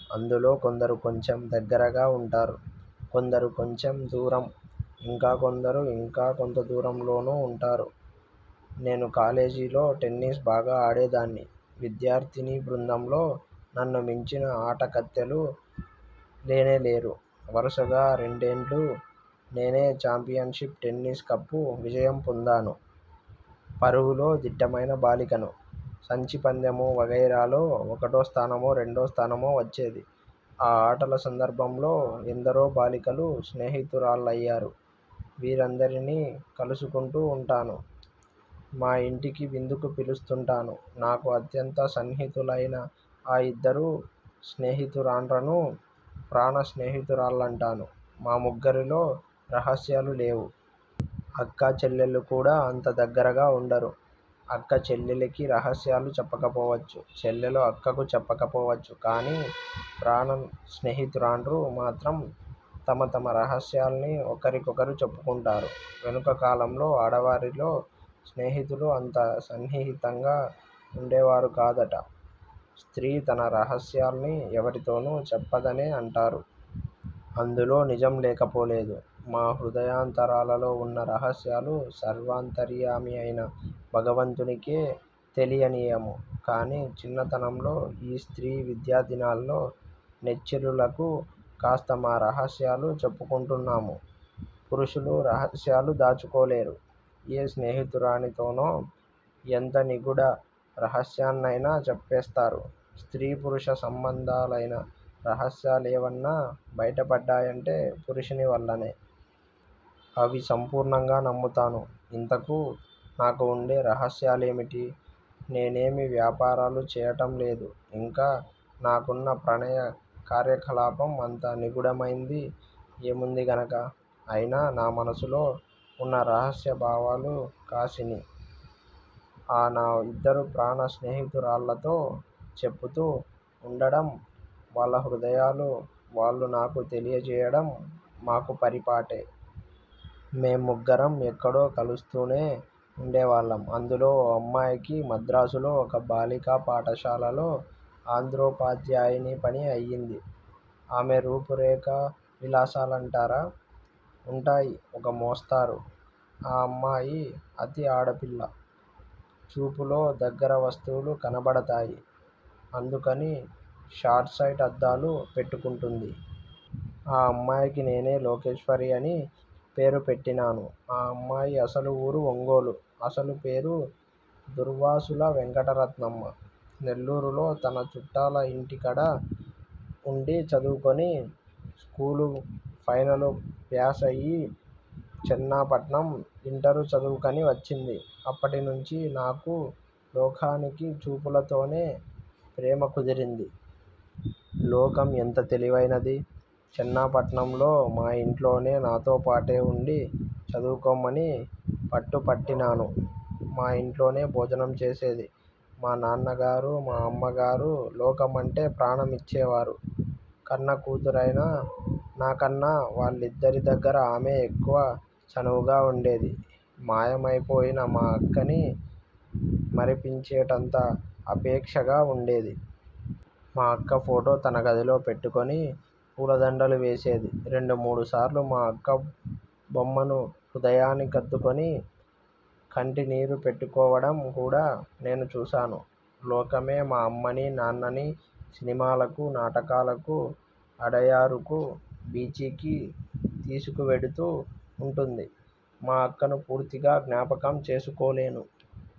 అందులో కొందరు కొంచెం దగ్గరగా ఉంటారు, కొందరు కొంచెం దూరం, ఇంకా కొందరు ఇంకా కొంతదూరంలోనూ ఉంటారు. నేను కాలేజీలో టెన్నిస్ బాగా ఆడేదాన్ని. విద్యార్ధినీ బృందంలో నన్ను మించిన ఆటకత్తెలు లేనేలేరు, వరుసగా రెండేండ్లు నేనె ఛాంపియన్ షిప్ టెన్నిస్ కప్పు విజయం పొందాను. పరుగులో దిట్టమైన బాలికను. సంచి పందెము వగైరాలో ఒకటో స్థానమో, రెండో స్థానమో వచ్చేది. ఆ ఆటల సందర్బంలో ఎందరో బాలికలు స్నేహితురాళ్ళయ్యారు. వీరందరినీ కలుసుకుంటూ ఉంటాను. మా యింటికి విందుకు పిలుస్తుంటాను. నాకు అత్యంత సన్నిహితులయిన ఆ ఇద్దరు స్నేహితురాండ్రనూ ప్రాణ స్నేహితురాళ్ళంటాను. మా ముగ్గరిలో రహస్యాలు లేవు. అక్క చెల్లెళ్ళు కూడా అంత దగ్గరగా ఉండరు. అక్క చెల్లెల్లికి రహస్యాలు చెప్పకపోవచ్చు. చెల్లెలు అక్కకు చెప్పకపోవచ్చు. కాని ప్రాణ స్నేహితురాండ్రు మాత్రం తమ తమ రహస్యాల్ని ఒకరికొకరు చెప్పుకుంటారు. వెనుక కాలంలో ఆడవారిలో స్నేహితులు అంత సన్నిహితంగా ఉండేవారు కాదట. స్త్రీ తన రహస్యాల్ని ఎవరితోనూ చెప్పదనే అంటారు. అందులో నిజం లేకపోలేదు. మా హృదయాంతరాలలో ఉన్న రహస్యాలు సర్వాంతర్యామియైన భగవంతునికే తెలియనియ్యము. కాని చిన్నతనంలో ఈ స్త్రీ విద్యాదినాల్లో నెచ్చెలులకు కాస్త మా రహస్యాలు చెప్పుకుంటున్నాము. పురుషులు రహస్యాలు దాచుకోలేరు. ఏ స్నేహితురానితోనో ఎంత నిగూఢ రహస్యాన్నైనా చెప్పేస్తారు. స్త్రీ పురుష సంబంధాలైన రహస్యాలేవన్నా బయటపడ్డాయంటే పురుషుని వల్లనే. అవి సంపూర్ణంగా నమ్ముతాను. ఇంతకూ నాకు ఉండే రహస్యాలేమిటి? నే నేమీ వ్యాపారాలు చేయటంలేదు. ఇంక నాకున్న ప్రణయ కార్యకలాపం అంత నిగూఢమైంది ఏముందిగనక? అయినా నా మనసులో ఉన్న రహస్యభావాలు కాసిని, ఆ నా ఇద్దరు ప్రాణ స్నేహితురాళ్ళతో చెప్పుతూ వుండడం, వాళ్ళ హృదయాలు వాళ్ళు నాకు తెలియజేయడం మాకు పరిపాటే. మేం ముగ్గరం ఎక్కడో కలుస్తూనే ఉండేవాళ్ళం. అందులో ఓ అమ్మాయికి మద్రాసులో ఒక బాలికా పాఠశాలలో ఆంద్రోపాద్యాయిని పని అయింది. ఆమె రూపు రేఖా విలాసా లంటారా? ఉంటాయి ఒక మోస్తరు. ఆ అమ్మాయి అతి ఆడపిల్ల. చూపులో దగ్గర వస్తువులు కనబడతాయి. అందుకని షార్ట్ సైట్ అద్దాలు పెట్టుకుంటుంది. ఆ అమ్మాయికి నేనే లోకేశ్వరి అని పేరు పెట్టినాను. ఆ అమ్మాయి అసలు ఊరు ఒంగోలు. అసలు పేరు దుర్వాసుల వెంకటరత్నమ్మ. నెల్లూరులో తన చుట్టాల ఇంటికడ ఉండి చదువుకొని, స్కూలు ఫైనలు ప్యాసయి చెన్నా పట్నం ఇంటరు చదువుకని వచ్చింది. అప్పటినుంచీ నాకూ, 'లోకా'నికీ చూపులతోనే ప్రేమ కుదిరింది. లోకం ఎంత తెలివైనది! చెన్నాపట్నంలో మాయింట్లోనే నాతోపాటే ఉండి చదువుకోమని పట్టుపట్టినాను. మా ఇంట్లోనే భోజనం చేసేది. మా నాన్న గారూ, మా అమ్మగారూ లోకం అంటే ప్రాణం ఇచ్చేవారు. కన్న కూతురైన నాకన్న వాళ్ళిద్దరి దగ్గరా ఆమె ఎక్కువ చనువుగా ఉండేది. మాయమైపోయిన మా అక్కని మరపించేటంత ఆపేక్షగా వుండేది. మా అక్క ఫోటో తన గదిలో పెట్టుకొని పూలదండలు వేసేది. రెండు మూడుసార్లు మా అక్క బొమ్మను హృదయాని కద్దుకొని కంటినీరు పెట్టుకోవడం కూడా నేను చూశాను. లోకమే మా అమ్మనీ, నాన్ననీ సినిమాలకు, నాటకాలకు అడయారుకు, బీచికీ తీసుకువెడుతూ ఉంటుంది. మా అక్కను పూర్తిగా జ్ఞాపకం చేసుకోలేను.